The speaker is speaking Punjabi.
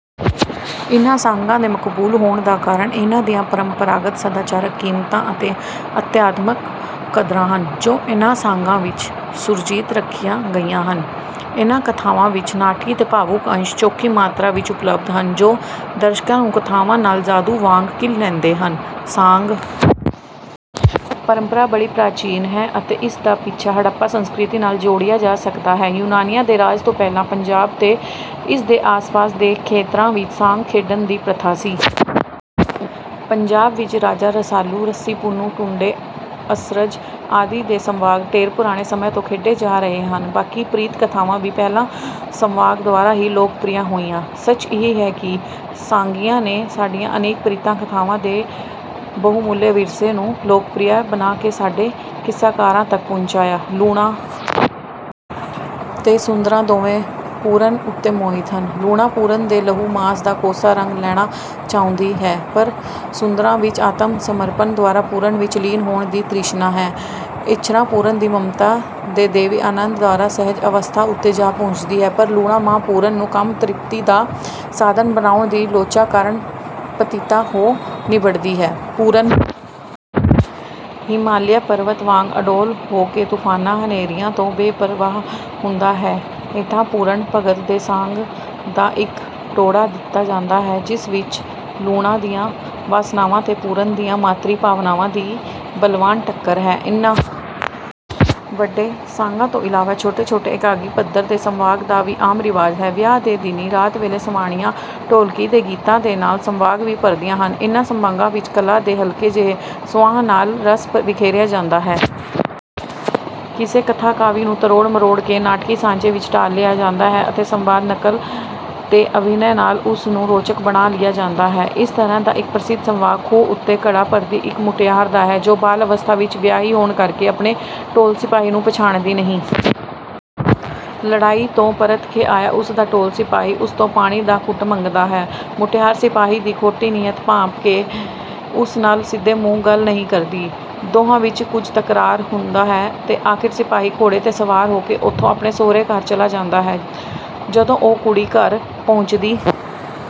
ਇਨ੍ਹਾਂ ਸਾਂਗਾਂ ਦੇ ਮਕਬੂਲ ਹੋਣ ਦਾ ਕਾਰਨ ਇਨ੍ਹਾਂ ਦੀਆਂ ਪਰੰਪਰਾਗਤ ਸਦਾਚਾਰਕ ਕੀਮਤਾਂ ਅਤੇ ਅਧਿਆਤਮਕ ਕਦਰਾਂ ਹਨ, ਜੋ ਇਨ੍ਹਾਂ ਸਾਂਗਾਂ ਵਿੱਚ ਸੁਰਜੀਤ ਰੱਖੀਆਂ ਗਈਆਂ ਹਨ। ਇਨ੍ਹਾਂ ਕਥਾਵਾਂ ਵਿੱਚ ਨਾਟਕੀ ਤੇ ਭਾਵੁਕ ਅੰਸ਼ ਚੋਖੀ ਮਾਤਰਾ ਵਿੱਚ ਉਪਲੱਬਧ ਹਨ, ਜੋ ਦਰਸ਼ਕਾਂ ਨੂੰ ਕਥਾਵਾਂ ਨਾਲ ਜਾਦੂ ਵਾਂਗ ਕੀਲ ਲੈਂਦੇ ਹਨ। ਸਾਂਗ ਪਰੰਪਰਾ ਬੜੀ ਪ੍ਰਾਚੀਨ ਹੈ ਅਤੇ ਇਸ ਦਾ ਪਿੱਛਾ ਹੜੱਪਾ ਸੰਸਕ੍ਰਿਤੀ ਨਾਲ ਜੋੜਿਆ ਜਾ ਸਕਦਾ ਹੈ। ਯੂਨਾਨੀਆਂ ਦੇ ਰਾਜ ਤੋਂ ਪਹਿਲਾਂ ਪੰਜਾਬ ਤੇ ਇਸ ਦੇ ਆਸ-ਪਾਸ ਦੇ ਖੇਤਰਾਂ ਵਿੱਚ ਸਾਂਗ ਖੇਡਣ ਦੀ ਪ੍ਰਥਾ ਸੀ। ਪੰਜਾਬ ਵਿੱਚ ਰਾਜਾ ਰਸਾਲੂ, ਸੱਸੀ-ਪੁੰਨੂੰ, ਟੁੰਡੇ ਅਸਰਾਜ ਆਦਿ ਦੇ ਸਵਾਂਗ ਢੇਰ ਪੁਰਾਣੇ ਸਮੇਂ ਤੋਂ ਖੇਡੇ ਜਾ ਰਹੇ ਹਨ। ਬਾਕੀ ਪ੍ਰੀਤ-ਕਥਾਵਾਂ ਵੀ ਪਹਿਲਾਂ ਸਵਾਂਗ ਦੁਆਰਾ ਹੀ ਲੋਕਪ੍ਰਿਅ ਹੋਈਆਂ। ਸੱਚ ਇਹ ਹੈ ਕਿ ਸਾਂਗੀਆਂ ਨੇ ਸਾਡੀਆਂ ਅਨੇਕਾਂ ਪ੍ਰੀਤ-ਕਥਾਵਾਂ ਦੇ ਬਹੁਮੁੱਲੇ ਵਿਰਸੇ ਨੂੰ ਲੋਕਪ੍ਰਿਅ ਬਣਾ ਕੇ ਸਾਡੇ ਕਿੱਸਾਕਾਰਾਂ ਤੱਕ ਪਹੁੰਚਾਇਆ ਹੈ। ਲੂਣਾਂ ਤੇ ਸੁੰਦਰਾਂ ਦੋਵੇਂ ਪੂਰਨ ਉੱਤੇ ਮੋਹਿਤ ਹਨ। ਲੂਣਾਂ ਪੂਰਨ ਦੇ ਲਹੂ-ਮਾਸ ਦਾ ਕੋਸਾ ਰਸ ਲੈਣਾ ਚਾਹੁੰਦੀ ਹੈ, ਪਰ ਸੁੰਦਰਾਂ ਵਿੱਚ ਆਤਮ-ਸਮਰਪਣ ਦੁਆਰਾ ਪੂਰਨ ਵਿੱਚ ਲੀਨ ਹੋਣ ਦੀ ਤ੍ਰਿਸ਼ਨਾ ਹੈ। ਇੱਛਰਾਂ ਪੂਰਨ ਦੀ ਮਮਤਾ ਦੇ ਦੈਵੀ ਆਨੰਦ ਦੁਆਰਾ ਸਹਿਜ ਅਵਸਥਾ ਉੱਤੇ ਜਾ ਪੁੱਜਦੀ ਹੈ, ਪਰ ਲੂਣਾਂ ਮਾਂ ਪੂਰਨ ਨੂੰ ਕਾਮ-ਤ੍ਰਿਪਤੀ ਦਾ ਸਾਧਨ ਬਣਾਉਣ ਦੀ ਲੋਚਾ ਕਾਰਨ ਪਤਿਤਾ ਹੋ ਨਿਬੜਦੀ ਹੈ। ਪੂਰਨ ਹਿਮਾਲਿਆ ਪਰਬਤ ਵਾਂਗ ਅਡੋਲ ਹੋ ਕੇ ਤੂਫ਼ਾਨਾਂ-ਹਨੇਰੀਆਂ ਤੋਂ ਬੇਪ੍ਰਵਾਹ ਹੁੰਦਾ ਹੈ। ਹੇਠਾਂ ਪੂਰਨ ਭਗਤ ਦੇ ਸਾਂਗ ਦਾ ਇੱਕ ਟੋਟਾ ਦਿੱਤਾ ਜਾਂਦਾ ਹੈ, ਜਿਸ ਵਿੱਚ ਲੂਣਾਂ ਦੀਆਂ ਵਾਸ਼ਨਾਵਾਂ ਤੇ ਪੂਰਨ ਦੀਆਂ ਮਾਤ੍ਰੀ ਭਾਵਨਾਵਾਂ ਦੀ ਬਲਵਾਨ ਟੱਕਰ ਹੈ। ਇਨ੍ਹਾਂ ਵੱਡੇ ਸਾਂਗਾਂ ਤੋਂ ਇਲਾਵਾ ਛੋਟੇ-ਛੋਟੇ, ਇਕਾਂਗੀ ਪੱਧਰ ਦੇ ਸਵਾਂਗ ਦਾ ਵੀ ਆਮ ਰਿਵਾਜ ਹੈ। ਵਿਆਹ ਦੇ ਦਿਨੀਂ ਰਾਤ ਵੇਲੇ ਸਵਾਣੀਆਂ ਢੋਲਕੀ ਦੇ ਗੀਤਾਂ ਦੇ ਨਾਲ ਸਵਾਂਗ ਵੀ ਭਰਦੀਆਂ ਹਨ। ਇਨ੍ਹਾਂ ਸਵਾਂਗਾਂ ਵਿੱਚ ਕਲਾ ਦੇ ਹਲਕੇ ਜਿਹੇ ਛੁਹਾਅ ਨਾਲ ਰਸ ਬਿਖੇਰਿਆ ਜਾਂਦਾ ਹੈ। ਕਿਸੇ ਕਥਾ-ਕਾਵਿ ਨੂੰ ਤਰੋੜ-ਮਰੋੜ ਕੇ ਨਾਟਕੀ ਸਾਂਚੇ ਵਿੱਚ ਢਾਲ ਲਿਆ ਜਾਂਦਾ ਹੈ ਅਤੇ ਸੰਵਾਦ, ਨਕਲ ਤੇ ਅਭਿਨੈ ਨਾਲ ਉਸ ਨੂੰ ਰੋਚਕ ਬਣਾ ਲਿਆ ਜਾਂਦਾ ਹੈ। ਇਸ ਤਰ੍ਹਾਂ ਦਾ ਇੱਕ ਪ੍ਰਸਿੱਧ ਸਵਾਂਗ ਖੂਹ ਉੱਤੇ ਘੜਾ ਭਰਦੀ ਇੱਕ ਮੁਟਿਆਰ ਦਾ ਹੈ, ਜੋ ਬਾਲ ਅਵਸਥਾ ਵਿੱਚ ਵਿਆਹੀ ਹੋਣ ਕਰਕੇ ਆਪਣੇ ਢੋਲ-ਸਿਪਾਹੀ ਨੂੰ ਪਛਾਣਦੀ ਨਹੀਂ। ਲੜਾਈ ਤੋਂ ਪਰਤ ਕੇ ਆਇਆ ਉਸ ਦਾ ਢੋਲ-ਸਿਪਾਹੀ ਉਸ ਤੋਂ ਪਾਣੀ ਦਾ ਘੁੱਟ ਮੰਗਦਾ ਹੈ। ਮੁਟਿਆਰ ਸਿਪਾਹੀ ਦੀ ਖੋਟੀ ਨੀਅਤ ਭਾਂਪ ਕੇ ਉਸ ਨਾਲ ਸਿੱਧੇ ਮੂੰਹ ਗੱਲ ਨਹੀਂ ਕਰਦੀ। ਦੋਹਾਂ ਵਿੱਚ ਕੁਝ ਤਕਰਾਰ ਹੁੰਦਾ ਹੈ ਤੇ ਆਖ਼ਿਰ ਸਿਪਾਹੀ ਘੋੜੇ ’ਤੇ ਸਵਾਰ ਹੋ ਕੇ ਉੱਥੋਂ ਆਪਣੇ ਸਹੁਰੇ ਘਰ ਚਲਾ ਜਾਂਦਾ ਹੈ। ਜਦੋਂ ਉਹ ਕੁੜੀ ਘਰ ਪਹੁੰਚਦੀ...